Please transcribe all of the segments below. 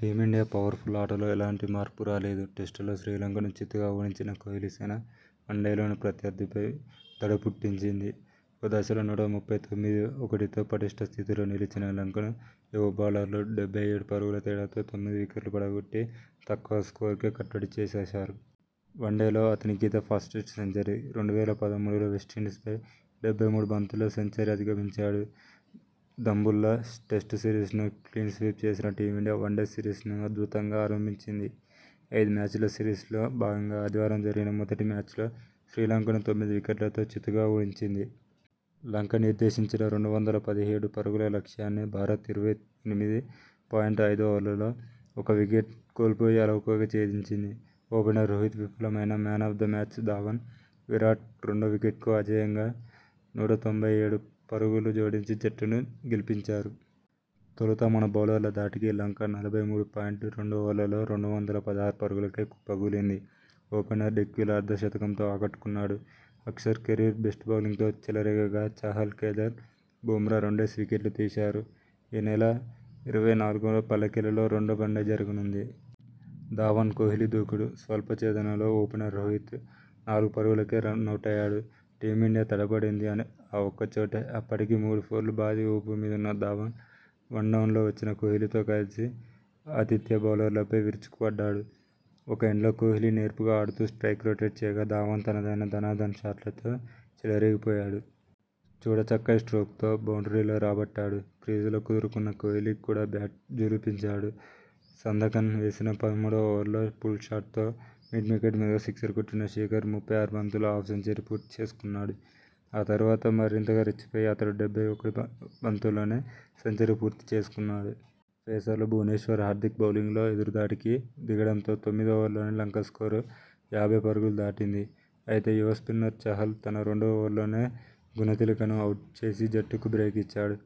Team India powerful ఆటలో ఎలాంటి మార్పు రాలేదు టెస్టుల్లో శ్రీలంకను చిత్తుగా ఓడించిన కోహ్లీసేన వన్డేల్లోనూ ప్రత్యర్థిపై దడపుట్టించింది. ఓ దశలో నూట ముప్పై తొమ్మిది ,ఒకటితో పటిష్ఠ స్థితిలో నిలిచిన లంకను యువ బౌలర్లు డెబ్బై ఏడు పరుగుల తేడాతో తొమ్మిది వికెట్లు పడగొట్టి తక్కువ స్కోరుకే కట్టడి చేసేశారు! వన్డేల్లో అతనికిదే ఫాస్టెస్ట్ సెంచరీ. రెండు వేల పదమూడులో వెస్టిండీస్పై డెబ్బై మూడు బంతుల్లో సెంచరీ అధిగమించాడు దంబుల్లా టెస్టు సిరీస్ను క్లీన్స్వీప్ చేసిన టీమిండియా వన్డే సిరీస్నూ అద్భుతంగా ఆరంభించింది. ఐదు మ్యాచ్ల సిరీస్లో భాగంగా ఆది వారం జరిగిన మొదటి మ్యాచ్లో శ్రీలంకను తొమ్మిది వికెట్లతో చిత్తుగా ఓడించింది. లంక నిర్దేశించిన రెండు వందల పదిహేడు పరుగుల లక్ష్యాన్ని భారత్ ఇరవై ఎనిమిది పాయింట్ ఐదు ఓవర్లలో ఒక వికెట్ కోల్పోయి అలవోకగా ఛేదించింది. ఓపెనర్ రోహిత్ విఫలమైనా 'man of the match' Dhawan, Virat రెండో వికెట్కు అజేయంగా నూట తొంభై ఏడు పరుగులు జోడించి జట్టును గెలిపించారు. తొలుత మన బౌలర్ల ధాటికి లంక నలభై మూడు పాయింట్ రెండు ఓవర్లలో రెండు వందల పదహారు పరుగులకే కుప్పకూలింది. ఓపెనర్ డిక్వెలా అర్ధ శతకంతో ఆకట్టుకున్నాడు. అక్షర్ కెరీర్ బెస్ట్ బౌలింగ్తో తో చెలరేగగా, చాహల్, కేదార్, బుమ్రా రెండేసి వికెట్లు తీశారు. ఈనెల ఇరవై నాలుగున పల్లెకెలెలో రెండో వన్డే జరగనుంది. ధవన్, కోహ్లీ దూకుడు.. స్వల్ప ఛేదనలో ఓపెనర్ రోహిత్ నాలుగు పరుగులకే రనౌటయ్యాడు. టీమిండియా తడబడింది ఆ ఒక్కచోటే. అప్పటికే మూడు ఫోర్లు బాది ఊపు మీదున్న ధవన్ వన్డౌన్లో వచ్చిన కోహ్లీతో కలిసి ఆతి థ్య బౌలర్లపై విరుచుకుపడ్డాడు. ఒక ఎండ్లో కోహ్లీ నేర్పుగా ఆడుతూ స్ట్రయిక్ రొటేట్ చేయగా ధవన్ తనదైన ధనాధన్ షాట్లతో చెలరేగిపోయాడు. చూడ చక్కటి స్ట్రోక్స్ తో బౌండ్రీలు రాబట్టాడు. క్రీజులో కుదురుకున్నాక కోహ్లీ కూడా బ్యాట్ ఝుళిపించాడు. సందకన్ వేసిన పదమూడువ ఓవర్లో పుల్షాట్తో మిడ్మికెట్ మీదుగా సిక్సర్ కొట్టిన శిఖర్ ముప్పై ఆరు బంతుల్లోనే హాఫ్ సెంచరీ పూర్తి చేసుకున్నాడు. ఆ తర్వాత మరింతగా రెచ్చిపోయిన అతను డెబ్బై ఒక బంతుల్లోనే సెంచరీ పూర్తి చేసుకున్నాడు. పేసర్లు భువనేశ్వర్, హార్దిక్ బౌలింగ్లో ఎదురుదాడికి దిగడంతో తొమ్మిదో ఓవర్లోనే లంక స్కోరు యాభై పరుగులు దాటింది. అయితే, యువ స్పిన్నర్ చాహల్ తన రెండో ఓవర్లోనే గుణతిలకను అవుట్ చేసి జట్టుకు బ్రేక్ ఇచ్చాడు.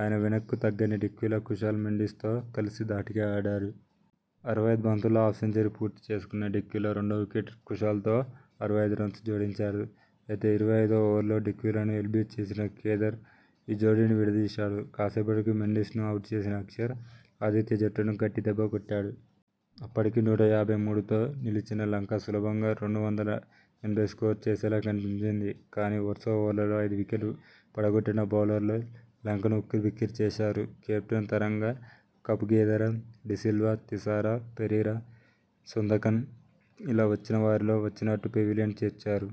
అయునా వెనక్కు తగ్గని డిక్వెలా కుశాల్ మెండిస్ తో కలిసి ధాటిగా ఆడారు అరవై ఐదు బంతుల్లో హాఫ్ సెంచరీ పూర్తి చేసుకున్న డిక్వెలా రెండో వికెట్ కుశాల్తో అరవై ఐదు రన్స్ జోడించాడు. అయితే ఇరవై ఐదువ ఓవర్లో డిక్వెలాను ఎల్బీ చేసిన కేదార్ ఈ జోడీని విడదీశాడు. కాసేపటికే మెండిస్ను అవుట్ చేసిన అక్షర్ ఆతిథ్య జట్టును గట్టి దెబ్బ కొట్టాడు. అప్పటికి నూట యాభై మూడుతో నిలిచిన లంక సులభంగా రెండు వందల ఎనభై స్కోరు చేసేలా కనిపించింది. కానీ, వరుస ఓవర్లలో ఐదు వికెట్లు పడగొట్టిన బౌలర్లు లంకను ఉక్కిరిబిక్కిరి చేశారు. కెప్టెన్ తరంగ, కపుగెదెర, డిసిల్వ, తిసార పెరీర, సుందకన్ ఇలా వచ్చిన వారిలో వచ్చినట్టు పెవిలియన్ చేర్చారు.